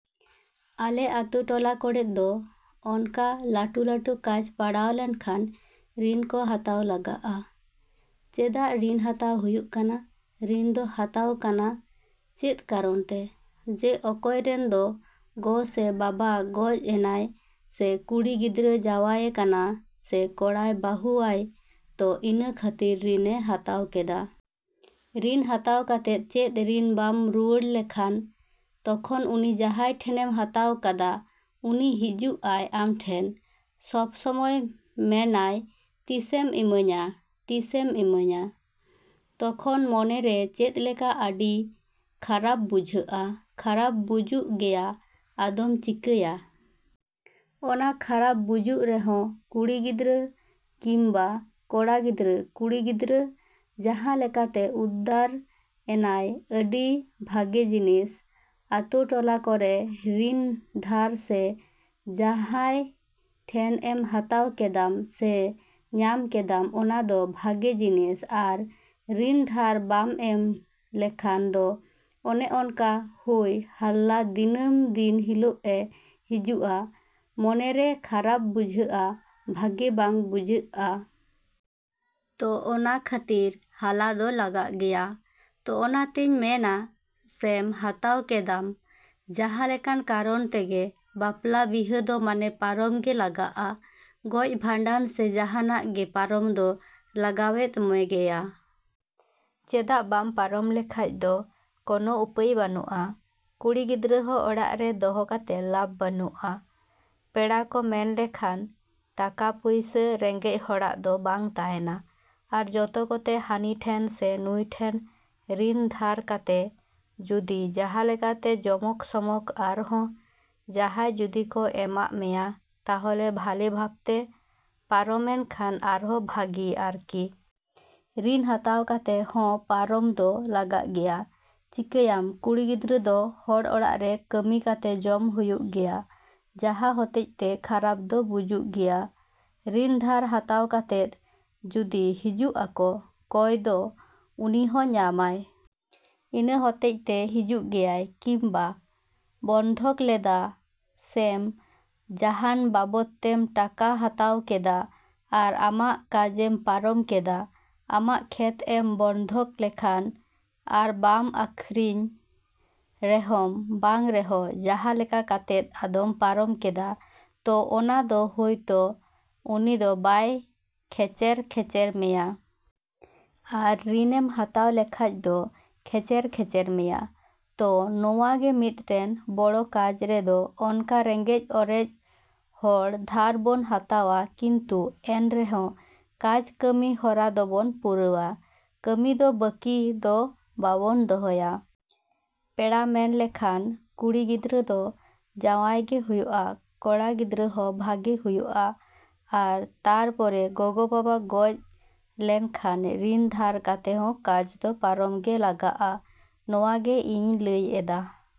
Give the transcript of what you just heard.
ᱟᱞᱮ ᱟᱛᱳ ᱴᱚᱞᱟ ᱠᱚᱨᱮᱫ ᱫᱚ ᱚᱱᱠᱟ ᱞᱟᱴᱩ ᱞᱟᱴᱩ ᱠᱟᱡᱽ ᱯᱟᱲᱟᱣ ᱞᱮᱱᱠᱷᱟᱱ ᱨᱤᱱ ᱠᱚ ᱦᱟᱛᱟᱣ ᱞᱟᱜᱟᱜᱼᱟ᱾ ᱪᱮᱫᱟᱜ ᱨᱤᱱ ᱦᱟᱛᱟᱣ ᱦᱩᱭᱩᱜ ᱠᱟᱱᱟ? ᱨᱤᱱ ᱫᱚ ᱦᱟᱛᱟᱣ ᱠᱟᱱᱟ ᱪᱮᱫ ᱠᱟᱨᱚᱱ ᱛᱮ? ᱡᱮ ᱚᱠᱚᱭ ᱨᱮᱱ ᱫᱚ ᱜᱚ ᱥᱮ ᱵᱟᱵᱟ ᱜᱚᱡ ᱮᱱᱟᱭ ᱥᱮ ᱠᱩᱲᱤ ᱜᱤᱫᱽᱨᱟᱹ ᱡᱟᱶᱟᱭᱮ ᱠᱟᱱᱟ ᱥᱮ ᱠᱚᱲᱟᱭ ᱵᱟᱦᱩᱣᱟᱭ ᱛᱚ ᱤᱱᱟᱹ ᱠᱷᱟᱹᱛᱤᱨ ᱨᱤᱱᱮ ᱦᱟᱛᱟᱣ ᱠᱮᱫᱟ᱾ ᱨᱤᱱ ᱦᱟᱛᱟᱣ ᱠᱟᱛᱮᱫ ᱪᱮᱫ ᱨᱤᱱ ᱵᱟᱢ ᱨᱩᱣᱟᱹᱲ ᱞᱮᱠᱷᱟᱱ ᱛᱚᱠᱷᱚᱱ ᱩᱱᱤ ᱡᱟᱦᱟᱭ ᱴᱷᱮᱱᱮᱢ ᱦᱟᱛᱟᱣ ᱠᱟᱫᱟ ᱩᱱᱤ ᱦᱤᱡᱩᱜᱼᱟᱭ ᱟᱢᱴᱷᱮᱱ ᱥᱚᱵᱥᱚᱢᱚᱭ ᱢᱮᱱᱟᱭ ᱛᱤᱥᱮᱢ ᱤᱢᱟᱹᱧᱟ ᱛᱤᱥᱮᱢ ᱤᱢᱟᱹᱧᱟ? ᱛᱚᱠᱷᱚᱱ ᱢᱚᱱᱮᱨᱮ ᱪᱮᱫ ᱞᱮᱠᱟ ᱟᱹᱰᱤ ᱠᱷᱟᱨᱟᱯ ᱵᱩᱡᱷᱟᱹᱜᱼᱟ ᱠᱷᱟᱨᱟᱯ ᱵᱩᱡᱩᱜ ᱜᱮᱭᱟ ᱟᱫᱚᱢ ᱪᱤᱠᱟᱹᱭᱟ᱾ ᱚᱱᱟ ᱠᱷᱟᱨᱟᱯ ᱵᱩᱡᱩᱜ ᱨᱮᱦᱚᱸ ᱠᱩᱲᱤ ᱜᱤᱫᱽᱨᱟᱹ ᱠᱤᱝᱵᱟ ᱠᱚᱲᱟ ᱜᱤᱫᱽᱨᱟᱹ ᱠᱩᱲᱤ ᱜᱤᱫᱽᱨᱟᱹ ᱡᱟᱦᱟᱸ ᱞᱮᱠᱟᱛᱮ ᱩᱫᱫᱟᱨ ᱮᱱᱟᱭ ᱾ ᱟᱹᱰᱤ ᱵᱷᱟᱜᱮ ᱡᱤᱱᱤᱥ ᱟᱛᱳ ᱴᱚᱞᱟ ᱠᱚᱨᱮ ᱨᱤᱱ ᱫᱷᱟᱨ ᱥᱮ ᱡᱟᱦᱟᱭ ᱴᱷᱮᱡ ᱮᱢ ᱦᱟᱛᱟᱣ ᱠᱮᱫᱟᱢ ᱥᱮ ᱧᱟᱢ ᱠᱮᱫᱟᱢ ᱚᱱᱟ ᱫᱚ ᱵᱷᱟᱜᱮ ᱡᱤᱱᱤᱥ ᱟᱨ ᱨᱤᱱ ᱫᱷᱟᱨ ᱵᱟᱢ ᱮᱢ ᱞᱮᱠᱷᱟᱱ ᱫᱚ ᱚᱱᱮ ᱚᱱᱠᱟ ᱦᱳᱭ ᱦᱟᱞᱞᱟ ᱫᱤᱱᱟᱹᱢ ᱫᱤᱱ ᱦᱤᱞᱳᱜ ᱮ ᱦᱤᱡᱩᱜᱼᱟ ᱢᱚᱱᱮ ᱨᱮ ᱠᱷᱟᱨᱟᱯ ᱵᱩᱡᱟᱹᱜᱼᱟ ᱵᱷᱟᱜᱮ ᱵᱟᱝ ᱵᱩᱡᱟᱹᱜᱼᱟ᱾ ᱛᱚ ᱚᱱᱟ ᱠᱷᱟᱹᱛᱤᱨ ᱦᱟᱞᱟ ᱫᱚ ᱞᱟᱜᱟᱜ ᱜᱮᱭᱟ᱾ ᱛᱚ ᱚᱱᱟ ᱛᱮᱧ ᱢᱮᱱᱟ ᱥᱮᱢ ᱦᱟᱛᱟᱣ ᱠᱮᱫᱟᱢ ᱡᱟᱦᱟ ᱞᱮᱠᱟᱱ ᱠᱟᱨᱚᱱ ᱛᱮᱜᱮ ᱵᱟᱯᱞᱟ ᱵᱤᱦᱟᱹ ᱫᱚ ᱢᱟᱱᱮ ᱯᱟᱨᱚᱢ ᱜᱮ ᱞᱟᱜᱟᱜᱼᱟ᱾ ᱜᱚᱡ ᱵᱷᱟᱸᱰᱟᱱ ᱥᱮ ᱡᱟᱦᱟᱱᱟᱜ ᱜᱮ ᱯᱟᱨᱚᱢ ᱫᱚ ᱞᱟᱜᱟᱣᱮᱫ ᱢᱮᱜᱮᱭᱟ᱾ ᱪᱮᱫᱟᱜ ᱵᱟᱢ ᱯᱟᱨᱚᱢ ᱞᱮᱠᱷᱟᱡ ᱫᱚ ᱠᱚᱱᱚ ᱩᱯᱟᱹᱭ ᱵᱟᱱᱩᱜᱼᱟ᱾ ᱠᱩᱲᱤ ᱜᱤᱫᱽᱨᱟᱹ ᱦᱚᱸ ᱚᱲᱟᱜ ᱨᱮ ᱫᱚᱦᱚ ᱠᱟᱛᱮ ᱞᱟᱵ ᱵᱟᱹᱱᱩᱜᱼᱟ᱾ ᱯᱮᱲᱟ ᱠᱚ ᱢᱮᱱ ᱞᱮᱠᱷᱟᱱ ᱴᱟᱠᱟ ᱯᱩᱭᱥᱟᱹ ᱨᱮᱸᱜᱮᱡ ᱦᱚᱲᱟᱜ ᱫᱚ ᱵᱟᱝ ᱛᱟᱦᱮᱱᱟ᱾ ᱟᱨ ᱡᱚᱛᱚ ᱠᱚᱛᱮ ᱦᱟᱹᱱᱤ ᱴᱷᱮᱱ ᱥᱮ ᱱᱩᱭ ᱴᱷᱮᱱ ᱨᱤᱱ ᱫᱷᱟᱨ ᱠᱟᱛᱮ ᱡᱩᱫᱤ ᱡᱟᱦᱟᱞᱮᱠᱟ ᱛᱮ ᱡᱚᱢᱚᱠ ᱥᱚᱢᱚᱠ ᱟᱨᱦᱚ ᱡᱟᱦᱟᱭ ᱡᱩᱫᱤ ᱠᱚ ᱮᱢᱟᱜ ᱢᱮᱭᱟ ᱛᱟᱦᱞᱮ ᱵᱷᱟᱞᱮ ᱵᱷᱟᱵᱛᱮ ᱯᱟᱨᱚᱢᱮᱱ ᱠᱷᱟᱱ ᱟᱨᱦᱚ ᱵᱷᱟᱜᱤ ᱟᱨᱠᱤ᱾ ᱨᱤᱱ ᱦᱟᱛᱟᱣ ᱠᱟᱛᱮ ᱦᱚᱸ ᱯᱟᱨᱚᱢ ᱫᱚ ᱞᱟᱜᱟᱜ ᱜᱮᱭᱟ᱾ ᱪᱤᱠᱟᱹᱭᱟᱢ ᱠᱩᱲᱤ ᱜᱤᱫᱽᱨᱟᱹ ᱫᱚ ᱦᱚᱲ ᱚᱲᱟᱜ ᱨᱮ ᱠᱟᱹᱢᱤ ᱠᱟᱛᱮ ᱡᱚᱢ ᱦᱩᱭᱩᱜ ᱜᱮᱭᱟ᱾ ᱡᱟᱦᱟᱸ ᱦᱚᱛᱮᱡ ᱛᱮ ᱠᱷᱟᱨᱟᱯ ᱫᱚ ᱵᱩᱡᱩᱜ ᱜᱮᱭᱟ᱾ ᱨᱤᱱ ᱫᱷᱟᱨ ᱦᱟᱛᱟᱣ ᱠᱟᱛᱮᱫ ᱡᱩᱫᱤ ᱦᱤᱡᱩᱜ ᱟᱠᱚ ᱠᱚᱭ ᱫᱚ ᱩᱱᱤᱦᱚᱸ ᱧᱟᱢᱟᱭ᱾ ᱤᱱᱟᱹ ᱦᱚᱛᱮᱡ ᱛᱮ ᱦᱤᱡᱩᱜ ᱜᱮᱭᱟᱭ᱾ ᱠᱤᱝᱵᱟ ᱵᱚᱱᱫᱷᱚᱠ ᱞᱮᱫᱟ ᱥᱮᱢ ᱡᱟᱦᱟᱱ ᱵᱟᱵᱚᱛ ᱛᱮᱢ ᱴᱟᱠᱟ ᱦᱟᱛᱟᱣ ᱠᱮᱫᱟ ᱟᱨ ᱟᱢᱟᱜ ᱠᱟᱡᱮᱢ ᱯᱟᱨᱚᱢ ᱠᱮᱫᱟ᱾ ᱟᱢᱟᱜ ᱠᱷᱮᱛ ᱮᱢ ᱵᱚᱱᱫᱷᱚᱠ ᱞᱮᱠᱷᱟᱱ ᱟᱨ ᱵᱟᱢ ᱟᱹᱠᱷᱨᱤᱧ ᱨᱮᱦᱚᱢ ᱵᱟᱝ ᱨᱮᱦᱚᱸ ᱡᱟᱦᱟᱸ ᱞᱮᱠᱟ ᱠᱟᱛᱮᱫ ᱟᱫᱚᱢ ᱯᱟᱨᱚᱢ ᱠᱮᱫᱟ ᱛᱚ ᱚᱱᱟ ᱫᱚ ᱦᱳᱭᱛᱚ ᱩᱱᱤ ᱫᱚ ᱵᱟᱭ ᱠᱷᱮᱪᱮᱨ ᱠᱷᱮᱪᱮᱨ ᱢᱮᱭᱟ᱾ ᱟᱨ ᱨᱤᱱᱮᱢ ᱦᱟᱛᱟᱣ ᱞᱮᱠᱷᱟᱡ ᱫᱚ ᱠᱷᱮᱪᱮᱨ ᱠᱷᱮᱪᱮᱨ ᱢᱮᱭᱟ᱾ ᱛᱚ ᱱᱚᱣᱟ ᱜᱮ ᱢᱤᱫᱴᱮᱱ ᱵᱚᱲᱚ ᱠᱟᱡᱽ ᱨᱮᱫᱚ ᱚᱱᱠᱟ ᱨᱮᱸᱜᱮᱡ ᱚᱨᱮᱡ ᱦᱚᱲ ᱫᱷᱟᱨ ᱵᱚᱱ ᱦᱟᱛᱟᱣᱟ ᱠᱤᱱᱛᱩ ᱮᱱ ᱨᱮᱦᱚᱸ ᱠᱟᱡᱽ ᱠᱟᱹᱢᱤ ᱦᱚᱨᱟ ᱫᱚᱵᱚᱱ ᱯᱩᱨᱟᱹᱣᱟ᱾ ᱠᱟᱹᱢᱤ ᱫᱚ ᱵᱟᱹᱠᱤ ᱫᱚ ᱵᱟᱵᱚᱱ ᱫᱚᱦᱚᱭᱟ᱾ ᱯᱮᱲᱟ ᱢᱮᱱ ᱞᱮᱠᱷᱟᱱ ᱠᱩᱲᱤ ᱜᱤᱫᱽᱨᱟᱹ ᱫᱚ ᱡᱟᱶᱟᱭ ᱜᱮ ᱦᱩᱭᱩᱜᱼᱟ ᱠᱚᱲᱟ ᱜᱤᱫᱽᱨᱟᱹ ᱦᱚᱸ ᱵᱷᱟᱜᱮ ᱦᱩᱭᱩᱜᱼᱟ᱾ ᱟᱨ ᱛᱟᱨ ᱯᱚᱨᱮ ᱜᱚᱜᱚ ᱵᱟᱵᱟ ᱜᱚᱡ ᱞᱮᱱᱠᱷᱟᱱ ᱨᱤᱱ ᱫᱷᱟᱨ ᱠᱟᱛᱮ ᱦᱚᱸ ᱠᱟᱡᱽ ᱫᱚ ᱯᱟᱨᱚᱢ ᱜᱮ ᱞᱟᱜᱟᱜᱼᱟ᱾ ᱱᱚᱣᱟ ᱜᱮ ᱤᱧ ᱞᱟᱹᱭ ᱮᱫᱟ᱾